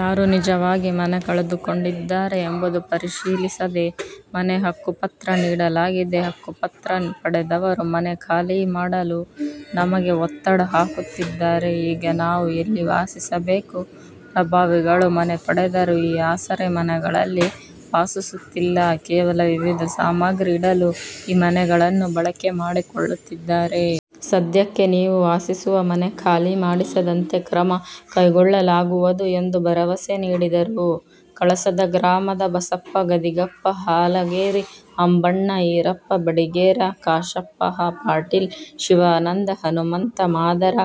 ಯಾರು ನಿಜವಾಗಿ ಮನೆ ಕಳೆದುಕೊಂಡಿದ್ದಾರೆ ಎಂಬುದು ಪರಿಶೀಲಿಸದೇ ಮನೆ ಹಕ್ಕುಪತ್ರ ನೀಡಲಾಗಿದೆ. ಹಕ್ಕುಪತ್ರ ಪಡೆದವರು ಮನೆ ಖಾಲಿ ಮಾಡಲು ನಮಗೆ ಒತ್ತಡ ಹಾಕುತ್ತಿದ್ದಾರೆ. ಈಗ ನಾವು ಎಲ್ಲಿ ವಾಸಿಸಬೇಕು. ಪ್ರಭಾವಿಗಳು ಮನೆ ಪಡೆದರೂ ಈ ಆಸರೆ ಮನೆಗಳಲ್ಲಿ ವಾಸಿಸುತ್ತಿಲ್ಲ. ಕೇವಲ ವಿವಿಧ ಸಾಮಗ್ರಿ ಇಡಲು ಈ ಮನೆಗಳನ್ನು ಬಳಕೆ ಮಾಡಿಕೊಳ್ಳುತ್ತಿದ್ದಾರೆ. ಸಧ್ಯಕ್ಕೆ ನೀವು ವಾಸಿಸುವ ಮನೆ ಖಾಲಿ ಮಾಡಿಸದಂತೆ ಕ್ರಮ ಕೈಗೊಳ್ಳಲಾಗುವುದು ಎಂದು ಭರವಸೆ ನೀಡಿದರು. ಕಳಸದ ಗ್ರಾಮದ ಬಸಪ್ಪ ಗದಿಗೆಪ್ಪ ಹಾಲಗೇರಿ, ಅಂಬಣ್ಣ ಈರಪ್ಪ ಬಡಿಗೇರ, ಕಾಶಪ್ಪ ಹ. ಪಾಟೀಲ, ಶಿವಾನಂದ ಹನುಮಂತ ಮಾದರ,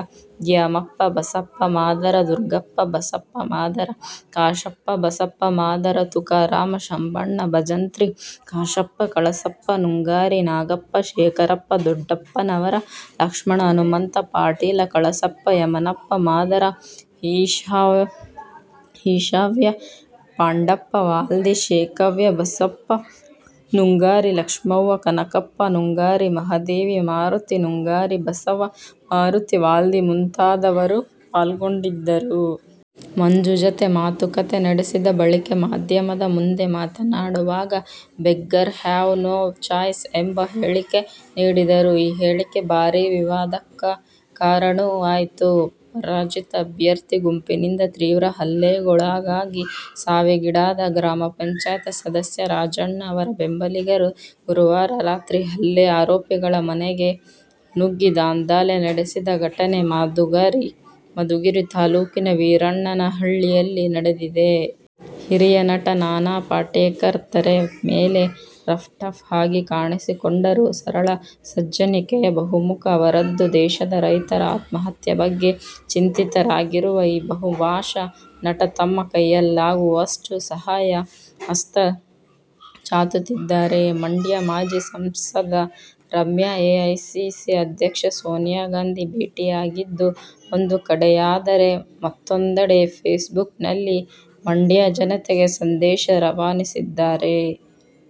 ದ್ಯಾಮಪ್ಪ ಬಸಪ್ಪ ಮಾದರ, ದುರ್ಗಪ್ಪ ಬಸಪ್ಪ ಮಾದರ, ಕಾಶಪ್ಪ ಬಸಪ್ಪ ಮಾದರ, ತುಕಾರಾಮ ಶಂಬಣ್ಣ ಭಜಂತ್ರಿ, ಕಾಶಪ್ಪ ಕಳಸಪ್ಪ ನುಂಗಾರಿ, ನಾಗಪ್ಪ ಶೇಖರಪ್ಪ ದೊಡ್ಡಪ್ಪನವರ, ಲಕ್ಷ್ಮಣ ಹನುಮಂತ ಪಾಟೀಲ, ಕಳಸಪ್ಪ ಯಮನಪ್ಪ ಮಾದರ, ಕಾಶವ್ವ ಪಾಂಡಪ್ಪ ವಾಲ್ದಿ, ಶೇಖವ್ವ ಬಸಪ್ಪ ನುಂಗಾರಿ, ಲಕ್ಷ್ಮವ್ವ ಕನಕಪ್ಪ ನುಂಗಾರಿ, ಮಹಾದೇವಿ ಮಾರುತಿ ನುಂಗಾರಿ, ಬಸವ್ವ ಮಾರುತಿ ವಾಲ್ದಿ ಮುಂತಾದವರು ಪಾಲ್ಗೊಂಡಿದ್ದರು. ಮಂಜು ಜತೆ ಮಾತುಕತೆ ನಡೆಸಿದ ಬಳಿಕ, ಮಾಧ್ಯಮದ ಮುಂದೆ ಮಾತನಾಡುವಾಗ, "ಬೆಗ್ಗರ್ ಹ್ಯಾವ್ ನೋ ಚಾಯ್ಸ' ಎಂಬ ಹೇಳಿಕೆ ನೀಡಿದರು. ಆ ಹೇಳಿಕೆ ಭಾರೀ ವಿವಾದಕ್ಕೂ ಕಾರಣವಾಯಿತು. ಪರಾಜಿತ ಅಭ್ಯರ್ಥಿ ಗುಂಪಿನಿಂದ ತೀವ್ರ ಹಲ್ಲೆಗೊಳಗಾಗಿ ಸಾವಿಗೀಡಾದ ಗ್ರಾ. ಪಂ. ಸದಸ್ಯ ರಾಜಣ್ಣ ಅವರ ಬೆಂಬಲಿಗರು ಗುರುವಾರ ರಾತ್ರಿ ಹಲ್ಲೆ ಆರೋಪಿಗಳ ಮನೆಗೆ ನುಗ್ಗಿ ದಾಂಧಲೆ ನಡೆಸಿದ ಘಟನೆ ಮಧುಗಿರಿ ತಾಲೂಕಿನ ವೀರಣ್ಣನಹಳ್ಳಿಯಲ್ಲಿ ನಡೆದಿದೆ. ಹಿರಿಯ ನಟ ನಾನಾ ಪಾಟೇಕರ್ ತೆರೆ ಮೇಲೆ ರಫ್ ಟಫ್ ಆಗಿ ಕಾಣಿಸಿಕೊಂಡರು ಸರಳ ಸಜ್ಜನಿಕೆಯ ಬಹುಮುಖ ಅವರದ್ದು. ದೇಶದ ರೈತರ ಆತ್ಮಹತ್ಯೆ ಬಗ್ಗೆ ಚಿಂತಿತರಾಗಿರುವ ಈ ಬಹುಭಾಷಾ ನಟ ತಮ್ಮ ಕೈಯಲ್ಲಾಗುವಷ್ಟು ಸಹಾಯ ಹಸ್ತ ಚಾಚುತ್ತಿದ್ದಾರೆ. ಮಂಡ್ಯ ಮಾಜಿ ಸಂಸದೆ ರಮ್ಯಾ ಎಐಸಿಸಿ ಅಧ್ಯಕ್ಷೆ ಸೋನಿಯಾ ಗಾಂಧಿ ಭೇಟಿಯಾಗಿದ್ದು ಒಂದು ಕಡೆಯಾದರೆ ಮತ್ತೊಂದೆಡೆ ಫೇಸ್ ಬುಕ್ ನಲ್ಲಿ ಮಂಡ್ಯ ಜನತೆಗೆ ಸಂದೇಶ ರವಾನಿಸಿದ್ದಾರೆ.